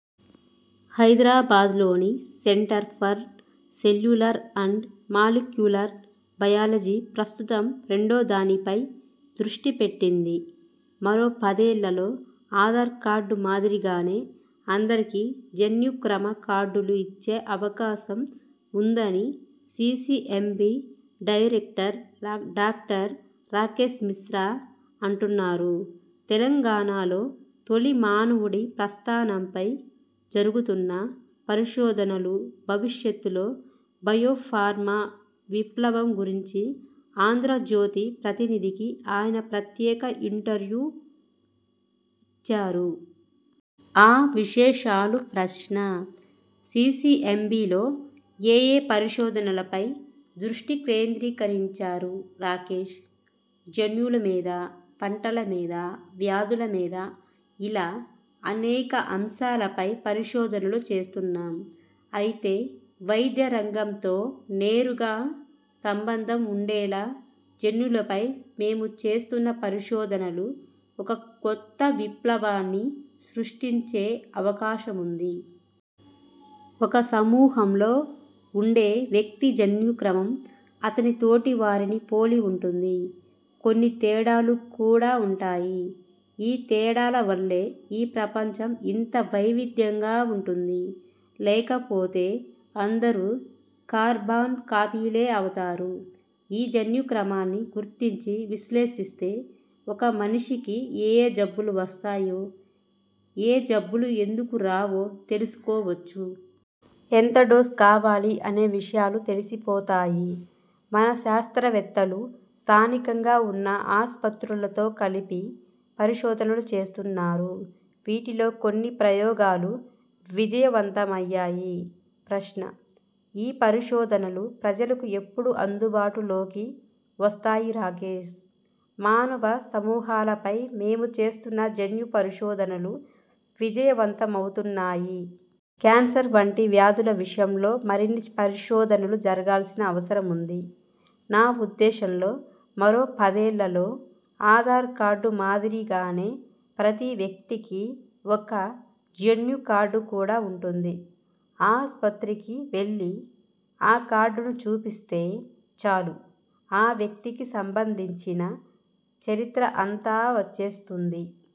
హైదరాబాద్లోని centre for cellular and molecular biology ప్రస్తుతం రెండో దానిపై దృష్టి పెట్టింది. మరో పదేళ్లలో ఆధార్ కార్డు మాదిరిగానే అందరికీ జన్యుక్రమ కార్డులు ఇచ్చే అవకాశం ఉందని CCMB director doctor Rakesh Mishra అంటున్నారు. తెలంగాణలో తొలి మానవుడి ప్రస్థానంపై జరుగుతున్న పరిశోధనలు, భవిష్యత్తులో బయోఫార్మా విప్లవం గురించి 'ఆంధ్రజ్యోతి' ప్రతినిధికి ఆయన ప్రత్యేక ఇంటర్వ్యూ ఇచ్చారు. ఆ విశేషాలు ప్రశ్న: సీసీఎంబీలో ఏయే పరిశోధనలపై దృష్టి కేంద్రీకరించారు? రాకేశ్: జన్యువుల మీద, పంటల మీద, వ్యాధుల మీద ఇలా అనేక అంశాలపై పరిశోధనలు చేస్తున్నాం. అయితే వైద్యరంగంతో నేరుగా సంబంధం ఉండేలా జన్యువులపై మేము చేస్తున్న పరిశోధనలు ఒక కొత్త విప్లవాన్ని సృష్టించే అవకాశముంది. ఒక సమూహంలో ఉండే వ్యక్తి జన్యుక్రమం అతని తోటివారిని పోలి ఉంటుంది. కొన్ని తేడాలు కూడా ఉంటాయి. ఈ తేడాల వల్లే ఈ ప్రపంచం ఇంత వైవిధ్యంగా ఉంటుంది. లేకపోతే అందరూ కార్బన్ కాపీలే అవుతారు. ఈ జన్యుక్రమాన్ని గుర్తించి విశ్లేషిస్తే ఒక మనిషికి ఏయే జబ్బులు వస్తాయో, ఏ జబ్బులు ఎందుకు రావో తెలుసుకోవచ్చు. ఎంత డోస్ కావాలి? అనే విషయాలు తెలిసిపోతాయి. మన శాస్త్రవేత్తలు స్థానికంగా ఉన్న ఆస్పత్రులతో కలిపి పరిశోధనలు చేస్తున్నారు. వీటిలో కొన్ని ప్రయోగాలు విజయవంతమయ్యాయి. ప్రశ్న: ఈ పరిశోధనలు ప్రజలకు ఎప్పుడు అందుబాటులోకి వస్తాయి? రాకేశ్: మానవ సమూహాలపై మేము చేస్తున్న జన్యు పరిశోధనలు విజయవంతమవుతున్నాయి. క్యాన్సర్ వంటి వ్యాధుల విషయంలో మరిన్ని పరిశోధనలు జరగాల్సిన అవసరముంది. నా ఉద్దేశంలో మరో పదేళ్లలో ఆధార్ కార్డు మాదిరిగానే ప్రతి వ్యక్తికీ ఒక జన్యుకార్డు కూడా ఉంటుంది. ఆస్పత్రికి వెళ్లి ఆ కార్డును చూపిస్తే చాలు ఆ వ్యక్తికి సంబంధించిన చరిత్ర అంతా వచ్చేస్తుంది.